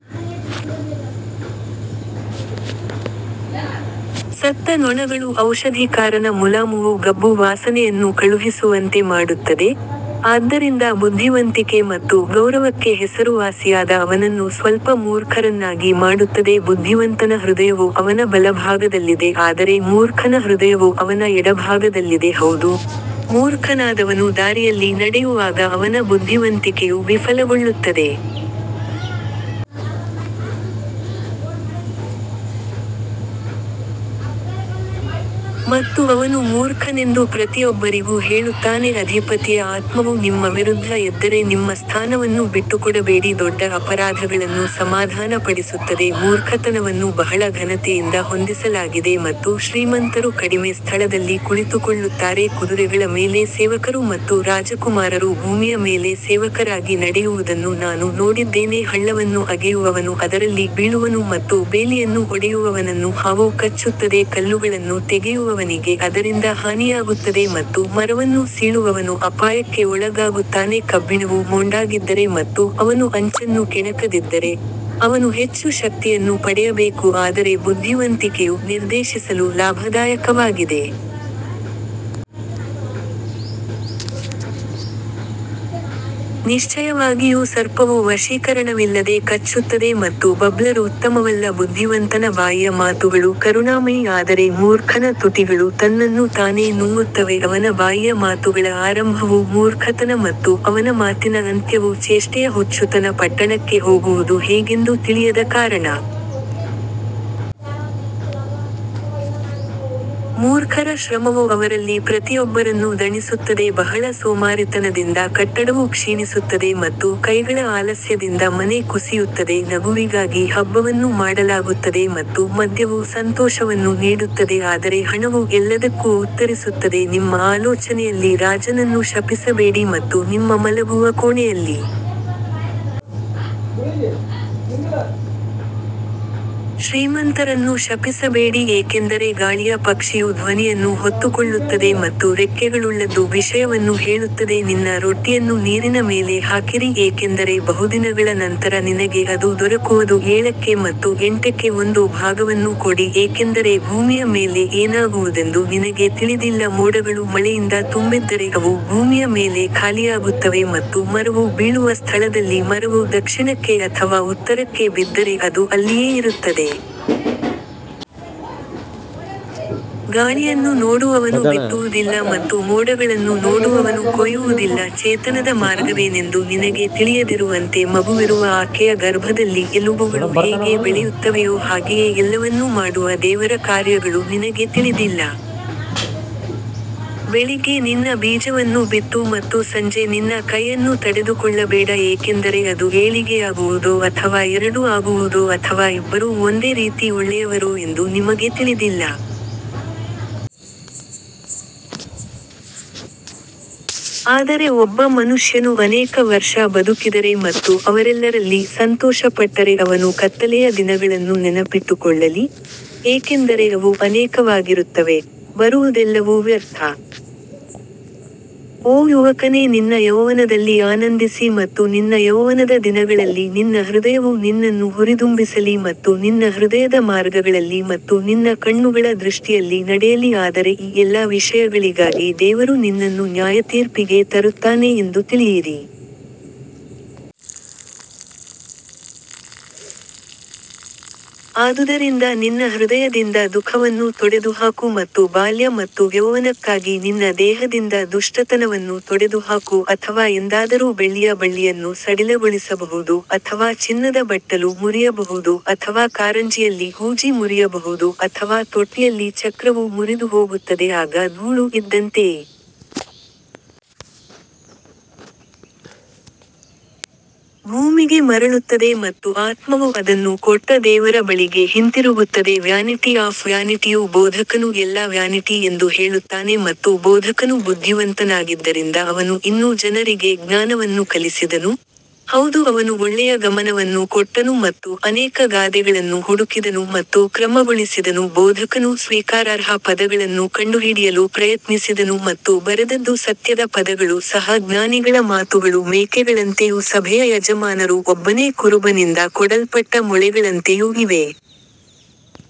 ಸತ್ತ ನೊಣಗಳು ಔಷಧಿಕಾರನ ಮುಲಾಮುವು ಗಬ್ಬು ವಾಸನೆಯನ್ನು ಕಳುಹಿಸುವಂತೆ ಮಾಡುತ್ತದೆ, ಆದ್ದರಿಂದ ಬುದ್ಧಿವಂತಿಕೆ ಮತ್ತು ಗೌರವಕ್ಕೆ ಹೆಸರುವಾಸಿಯಾದ ಅವನನ್ನು ಸ್ವಲ್ಪ ಮೂರ್ಖರನ್ನಾಗಿ ಮಾಡುತ್ತದೆ ಬುದ್ಧಿವಂತನ ಹೃದಯವು ಅವನ ಬಲಭಾಗದಲ್ಲಿದೆ ಆದರೆ ಮೂರ್ಖನ ಹೃದಯವು ಅವನ ಎಡಭಾಗದಲ್ಲಿದೆ ಹೌದು, ಮೂರ್ಖನಾದವನು ದಾರಿಯಲ್ಲಿ ನಡೆಯುವಾಗ ಅವನ ಬುದ್ಧಿವಂತಿಕೆಯು ವಿಫಲಗೊಳ್ಳುತ್ತದೆ ಮತ್ತು ಅವನು ಮೂರ್ಖನೆಂದು ಪ್ರತಿಯೊಬ್ಬರಿಗೂ ಹೇಳುತ್ತಾನೆ ಅಧಿಪತಿಯ ಆತ್ಮವು ನಿಮ್ಮ ವಿರುದ್ಧ ಎದ್ದರೆ ನಿಮ್ಮ ಸ್ಥಾನವನ್ನು ಬಿಟ್ಟುಕೊಡಬೇಡಿ ದೊಡ್ಡ ಅಪರಾಧಗಳನ್ನು ಸಮಾಧಾನಪಡಿಸುತ್ತದೆ ಮೂರ್ಖತನವನ್ನು ಬಹಳ ಘನತೆಯಿಂದ ಹೊಂದಿಸಲಾಗಿದೆ ಮತ್ತು ಶ್ರೀಮಂತರು ಕಡಿಮೆ ಸ್ಥಳದಲ್ಲಿ ಕುಳಿತುಕೊಳ್ಳುತ್ತಾರೆ ಕುದುರೆಗಳ ಮೇಲೆ ಸೇವಕರು ಮತ್ತು ರಾಜಕುಮಾರರು ಭೂಮಿಯ ಮೇಲೆ ಸೇವಕರಾಗಿ ನಡೆಯುವುದನ್ನು ನಾನು ನೋಡಿದ್ದೇನೆ ಹಳ್ಳವನ್ನು ಅಗೆಯುವವನು ಅದರಲ್ಲಿ ಬೀಳುವನು ಮತ್ತು ಬೇಲಿಯನ್ನು ಒಡೆಯುವವನನ್ನು ಹಾವು ಕಚ್ಚುತ್ತದೆ ಕಲ್ಲುಗಳನ್ನು ತೆಗೆಯುವವನಿಗೆ ಅದರಿಂದ ಹಾನಿಯಾಗುತ್ತದೆ ಮತ್ತು ಮರವನ್ನು ಸೀಳುವವನು ಅಪಾಯಕ್ಕೆ ಒಳಗಾಗುತ್ತಾನೆ ಕಬ್ಬಿಣವು ಮೊಂಡಾಗಿದ್ದರೆ ಮತ್ತು ಅವನು ಅಂಚನ್ನು ಕೆಣಕದಿದ್ದರೆ, ಅವನು ಹೆಚ್ಚು ಶಕ್ತಿಯನ್ನು ಪಡೆಯಬೇಕು ಆದರೆ ಬುದ್ಧಿವಂತಿಕೆಯು ನಿರ್ದೇಶಿಸಲು ಲಾಭದಾಯಕವಾಗಿದೆ. ನಿಶ್ಚಯವಾಗಿಯೂ ಸರ್ಪವು ವಶೀಕರಣವಿಲ್ಲದೆ ಕಚ್ಚುತ್ತದೆ ಮತ್ತು ಬಬ್ಲರ್ ಉತ್ತಮವಲ್ಲ ಬುದ್ಧಿವಂತನ ಬಾಯಿಯ ಮಾತುಗಳು ಕರುಣಾಮಯಿ ಆದರೆ ಮೂರ್ಖನ ತುಟಿಗಳು ತನ್ನನ್ನು ತಾನೇ ನುಂಗುತ್ತವೆ ಅವನ ಬಾಯಿಯ ಮಾತುಗಳ ಆರಂಭವು ಮೂರ್ಖತನ ಮತ್ತು ಅವನ ಮಾತಿನ ಅಂತ್ಯವು ಚೇಷ್ಟೆಯ ಹುಚ್ಚುತನ ಪಟ್ಟಣಕ್ಕೆ ಹೋಗುವುದು ಹೇಗೆಂದು ತಿಳಿಯದ ಕಾರಣ ಮೂರ್ಖರ ಶ್ರಮವು ಅವರಲ್ಲಿ ಪ್ರತಿಯೊಬ್ಬರನ್ನು ದಣಿಸುತ್ತದೆ ಬಹಳ ಸೋಮಾರಿತನದಿಂದ ಕಟ್ಟಡವು ಕ್ಷೀಣಿಸುತ್ತದೆ ಮತ್ತು ಕೈಗಳ ಆಲಸ್ಯದಿಂದ ಮನೆ ಕುಸಿಯುತ್ತದೆ ನಗುವಿಗಾಗಿ ಹಬ್ಬವನ್ನು ಮಾಡಲಾಗುತ್ತದೆ ಮತ್ತು ಮದ್ಯವು ಸಂತೋಷವನ್ನು ನೀಡುತ್ತದೆ ಆದರೆ ಹಣವು ಎಲ್ಲದಕ್ಕೂ ಉತ್ತರಿಸುತ್ತದೆ ನಿಮ್ಮ ಆಲೋಚನೆಯಲ್ಲಿ ರಾಜನನ್ನು ಶಪಿಸಬೇಡಿ ಮತ್ತು ನಿಮ್ಮ ಮಲಗುವ ಕೋಣೆಯಲ್ಲಿ ಶ್ರೀಮಂತರನ್ನು ಶಪಿಸಬೇಡಿ ಏಕೆಂದರೆ ಗಾಳಿಯ ಪಕ್ಷಿಯು ಧ್ವನಿಯನ್ನು ಹೊತ್ತುಕೊಳ್ಳುತ್ತದೆ ಮತ್ತು ರೆಕ್ಕೆಗಳುಳ್ಳದ್ದು ವಿಷಯವನ್ನು ಹೇಳುತ್ತದೆ ನಿನ್ನ ರೊಟ್ಟಿಯನ್ನು ನೀರಿನ ಮೇಲೆ ಹಾಕಿರಿ ಏಕೆಂದರೆ ಬಹುದಿನಗಳ ನಂತರ ನಿನಗೆ ಅದು ದೊರಕುವದು ಏಳಕ್ಕೆ ಮತ್ತು ಎಂಟಕ್ಕೆ ಒಂದು ಭಾಗವನ್ನು ಕೊಡಿ ಏಕೆಂದರೆ ಭೂಮಿಯ ಮೇಲೆ ಏನಾಗುವುದೆಂದು ನಿನಗೆ ತಿಳಿದಿಲ್ಲ ಮೋಡಗಳು ಮಳೆಯಿಂದ ತುಂಬಿದ್ದರೆ ಅವು ಭೂಮಿಯ ಮೇಲೆ ಖಾಲಿಯಾಗುತ್ತವೆ ಮತ್ತು ಮರವು ಬೀಳುವ ಸ್ಥಳದಲ್ಲಿ ಮರವು ದಕ್ಷಿಣಕ್ಕೆ ಅಥವಾ ಉತ್ತರಕ್ಕೆ ಬಿದ್ದರೆ ಅದು ಅಲ್ಲಿಯೇ ಇರುತ್ತದೆ. ಗಾಳಿಯನ್ನು ನೋಡುವವನು ಬಿತ್ತುವುದಿಲ್ಲ ಮತ್ತು ಮೋಡಗಳನ್ನು ನೋಡುವವನು ಕೊಯ್ಯುವುದಿಲ್ಲ ಚೇತನದ ಮಾರ್ಗವೇನೆಂದು ನಿನಗೆ ತಿಳಿಯದಿರುವಂತೆ ಮಗುವಿರುವ ಆಕೆಯ ಗರ್ಭದಲ್ಲಿ ಎಲುಬುಗಳು ಹೇಗೆ ಬೆಳೆಯುತ್ತವೆಯೋ ಹಾಗೆಯೇ ಎಲ್ಲವನ್ನೂ ಮಾಡುವ ದೇವರ ಕಾರ್ಯಗಳು ನಿನಗೆ ತಿಳಿದಿಲ್ಲ. ಬೆಳಿಗ್ಗೆ ನಿನ್ನ ಬೀಜವನ್ನು ಬಿತ್ತು ಮತ್ತು ಸಂಜೆ ನಿನ್ನ ಕೈಯನ್ನು ತಡೆದುಕೊಳ್ಳಬೇಡ ಏಕೆಂದರೆ ಅದು ಏಳಿಗೆಯಾಗುವುದೋ ಅಥವಾ ಎರಡೂ ಆಗುವುದೋ ಅಥವಾ ಇಬ್ಬರೂ ಒಂದೇ ರೀತಿ ಒಳ್ಳೆಯವರೋ ಎಂದು ನಿಮಗೆ ತಿಳಿದಿಲ್ಲ. ಆದರೆ ಒಬ್ಬ ಮನುಷ್ಯನು ಅನೇಕ ವರ್ಷ ಬದುಕಿದರೆ ಮತ್ತು ಅವರೆಲ್ಲರಲ್ಲಿ ಸಂತೋಷಪಟ್ಟರೆ ಅವನು ಕತ್ತಲೆಯ ದಿನಗಳನ್ನು ನೆನಪಿಟ್ಟುಕೊಳ್ಳಲಿ, ಏಕೆಂದರೆ ಅವು ಅನೇಕವಾಗಿರುತ್ತವೆ, ಬರುವುದೆಲ್ಲವೂ ವ್ಯರ್ಥ. ಓ ಯುವಕನೇ ನಿನ್ನ ಯೌವನದಲ್ಲಿ ಆನಂದಿಸಿ ಮತ್ತು ನಿನ್ನ ಯೌವನದ ದಿನಗಳಲ್ಲಿ ನಿನ್ನ ಹೃದಯವು ನಿನ್ನನ್ನು ಹುರಿದುಂಬಿಸಲಿ ಮತ್ತು ನಿನ್ನ ಹೃದಯದ ಮಾರ್ಗಗಳಲ್ಲಿ ಮತ್ತು ನಿನ್ನ ಕಣ್ಣುಗಳ ದೃಷ್ಟಿಯಲ್ಲಿ ನಡೆಯಲಿ ಆದರೆ ಈ ಎಲ್ಲಾ ವಿಷಯಗಳಿಗಾಗಿ ದೇವರು ನಿನ್ನನ್ನು ನ್ಯಾಯತೀರ್ಪಿಗೆ ತರುತ್ತಾನೆ ಎಂದು ತಿಳಿಯಿರಿ. ಆದುದರಿಂದ ನಿನ್ನ ಹೃದಯದಿಂದ ದುಃಖವನ್ನು ತೊಡೆದುಹಾಕು ಮತ್ತು ಬಾಲ್ಯ ಮತ್ತು ಯೌವನಕ್ಕಾಗಿ ನಿನ್ನ ದೇಹದಿಂದ ದುಷ್ಟತನವನ್ನು ತೊಡೆದುಹಾಕು ಅಥವಾ ಎಂದಾದರೂ ಬೆಳ್ಳಿಯ ಬಳ್ಳಿಯನ್ನು ಸಡಿಲಗೊಳಿಸಬಹುದು ಅಥವಾ ಚಿನ್ನದ ಬಟ್ಟಲು ಮುರಿಯಬಹುದು ಅಥವಾ ಕಾರಂಜಿಯಲ್ಲಿ ಹೂಜಿ ಮುರಿಯಬಹುದು ಅಥವಾ ತೊಟ್ಟಿಯಲ್ಲಿ ಚಕ್ರವು ಮುರಿದುಹೋಗುತ್ತದೆ ಆಗ ಧೂಳು ಇದ್ದಂತೆಯೇ ಭೂಮಿಗೆ ಮರಳುತ್ತದೆ ಮತ್ತು ಆತ್ಮವು ಅದನ್ನು ಕೊಟ್ಟ ದೇವರ ಬಳಿಗೆ ಹಿಂತಿರುಗುತ್ತದೆ ವ್ಯಾನಿಟಿ ಆಫ್ ವ್ಯಾನಿಟಿಯು ಬೋಧಕನು ಎಲ್ಲಾ ವ್ಯಾನಿಟಿ ಎಂದು ಹೇಳುತ್ತಾನೆ ಮತ್ತು ಬೋಧಕನು ಬುದ್ಧಿವಂತನಾಗಿದ್ದರಿಂದ ಅವನು ಇನ್ನೂ ಜನರಿಗೆ ಜ್ಞಾನವನ್ನು ಕಲಿಸಿದನು, ಹೌದು ಅವನು ಒಳ್ಳೆಯ ಗಮನವನ್ನು ಕೊಟ್ಟನು ಮತ್ತು ಅನೇಕ ಗಾದೆಗಳನ್ನು ಹುಡುಕಿದನು ಮತ್ತು ಕ್ರಮಗೊಳಿಸಿದನು ಬೋಧಕನು ಸ್ವೀಕಾರಾರ್ಹ ಪದಗಳನ್ನು ಕಂಡುಹಿಡಿಯಲು ಪ್ರಯತ್ನಿಸಿದನು ಮತ್ತು ಬರೆದದ್ದು ಸತ್ಯದ ಪದಗಳು ಸಹ ಜ್ಞಾನಿಗಳ ಮಾತುಗಳು ಮೇಕೆಗಳಂತೆಯೂ ಸಭೆಯ ಯಜಮಾನರು ಒಬ್ಬನೇ ಕುರುಬನಿಂದ ಕೊಡಲ್ಪಟ್ಟ ಮೊಳೆಗಳಂತೆಯೂ ಇವೆ.